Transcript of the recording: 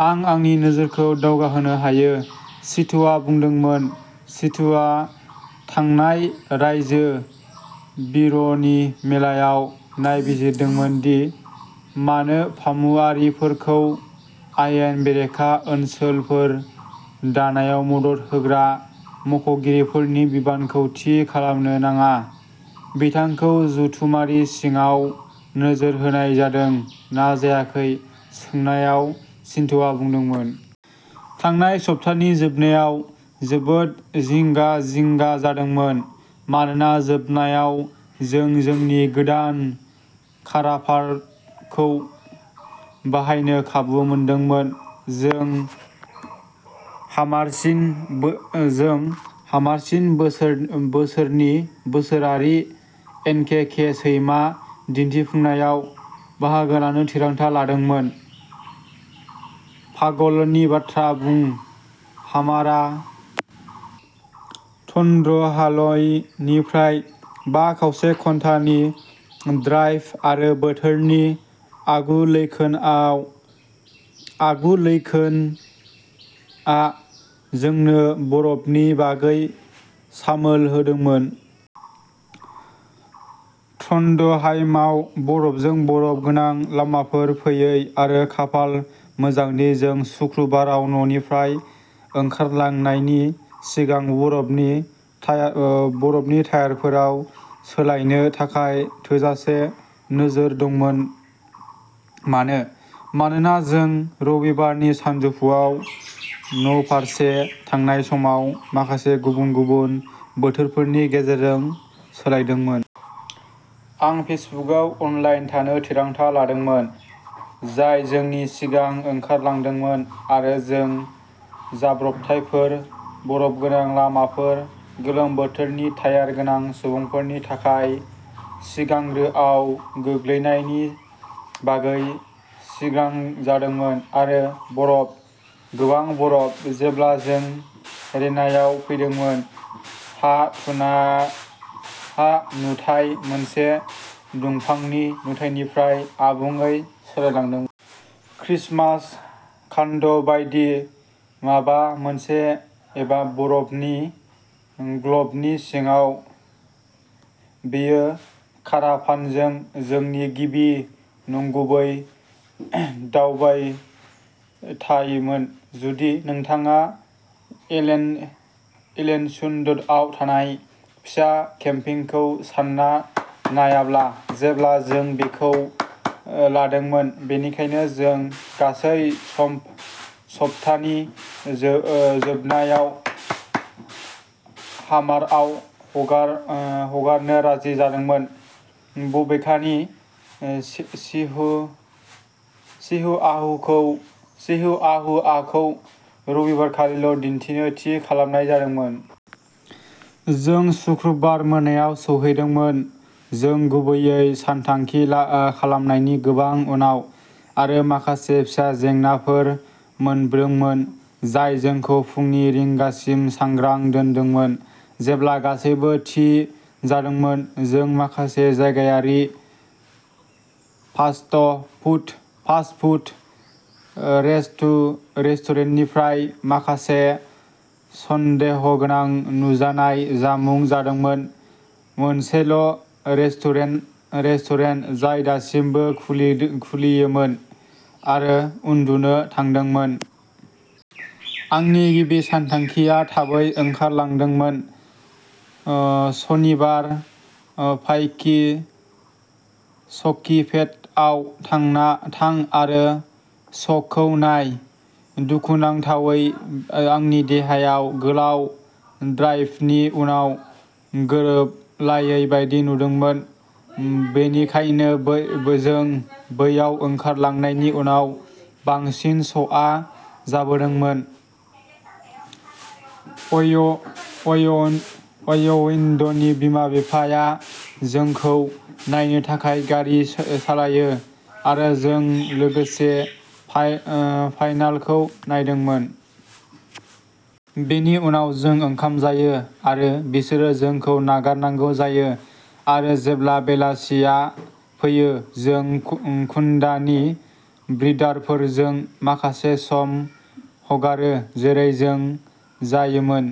आं आंनि नोजोरखौ दावगाहोनो हायो", सिधुआ बुंदोंमोन। सिधुआ थांनाय रायजो बिउर'नि मेलाव नायबिजिरदोंमोन दि मानो फामुआरिफोरखौ आयेन बेरेखा ओनसोलफोर दानायाव मदद होग्रा मावख'गिरिफोरनि बिबानखौ थि खालामनो नाङा। बिथांखौ जथुमानि सिङाव नोजोर होनाय जादों ना जायाखै सोंनायाव, सिधुआ बुंदोंमोन। थांनाय सप्तानि जोबनायाव जोबोद जिंगा-जिंगा जादोंमोन। मानोना जोबनायाव जों जोंनि गोदान काराभानखौ बाहायनो खाबु मोनदोंमोन, जों हामारसिम बिसोरनि बोसोरारि एनकेके सैमा दिन्थिफुंनायाव बाहागो लानो थिरांथा लादोंमोन। पागलनि बाथ्रा बुं! हामारआ ट्रन्डहाइमनिफ्राय बा खावसे घन्टानि ड्राइभ, आरो बोथोरनि आगुलैखोननाया जोंनो बरफनि बागै सामोल होदोंमोन। ट्रन्डहाइमाव। बरफजों बरफ गोनां लामाफोर फैयो, आरो खाफाल मोजांदि जों सुक्रुबाराव न'निफ्राय ओंखारनायनि सिगां बरफनि टायारफोराव सोलायनो थाखाय थोजासे नोजोर दंमोन। मानो? मानोना जों रबिबारनि सानजौफुआव न'फारसे थांनाय समाव माखासे गुबुन-गुबुन बोथोरफोरनि गेजेरजों सालायदोंमोन। आं फेसबुकआव अनलाइन थानो थिरांथा लादोंमोन, जाय जोंनि सिगां ओंखारलांदोंमोन, आरो जों जाब्रबथायफोर, बरफ गोनां लामाफोर, गोलोम बोथोरनि टायार गोनां सुबुंफोरनि थाखाय सिगांग्रोआव गोग्लैनायनि बागै सांग्रां जादोंमोन, आरो बरफ। गोबां बरफ। जेब्ला जों रेनायाव फैदोंमोन, हा-नुथाया मोनसे दुफांनि नुथाइनिफ्राय आबुङै सोलायदोंमोन। क्रिसमास कार्ड बायदि माबा मोनसे-एबा बरफनि ग्लबनि सिङाव! बेयो काराभानजों जोंनि गिबि नंगुबै दावबायथायमोन-जुदि नोंथाङा एलेसुन्डआव थानाय फिसा केम्पिंखौ सान्ना नायाब्ला, जेब्ला जों बेखौ लादोंमोन-बेनिखायनो जों गासै सप्तानि जोबनायाव हामारआव हगारनो राजि जादोंमोन, बबेखानि चिहुआहुआखौ रबिबारावल'दिन्थिनो थि खालामनाय जादोंमोन। जों सुक्रुबार मोनायाव सौहैदोंमोन, जों गुबैयै सानथांखि खालामनायनि गोबां उनाव, आरो माखासे फिसा जेंनाफोर मोनदोंमोन जाय जोंखौ फुंनि रिंगासिम सांग्रां दोनदोंमोन। जेब्ला गासैबो थि जादोंमोन, जों माखासे जायगायारि फास्ट-फुड रेस्टुरेन्टनिफ्राय माखासे सन्देहगोनां नुजानाय जामुं जादोंमोन-मोनसेल'रेस्टुरेन्ट जाय दासिमबो खुलिमोन, आरो उन्दुनो थांदोंमोन। आंनि गिबि सानथांखिआ थाबै ओंखारलांनायमोन। सनिबार, भाइकिंस्किपेटआव थां आरो श'खौ नाय। दुखुनांथावै आंनि देहाया गोलाव ड्राइभनि उनाव गोरोबलायै बायदि नुदोंमोन, बेनिखायनो जों बैयाव ओंखारखांनायनि उनाव बांसिन श'आ जोबबायमोन। अयविन्डनि बिमा-बिफाया जोंखौ नायनो थाखाय गारि सालायो, आरो जों लोगोसे फाइनालखौ नायदोंमोन। बेनि उनाव जों ओंखाम जायो आरो बिसोर जोंखौ नागारनांगौ जायो, आरो जेब्ला बेलासिया फैयो जों कुडा नि ब्रिडारफोरजों माखासे सम हगारो जेरै जों जायोमोन।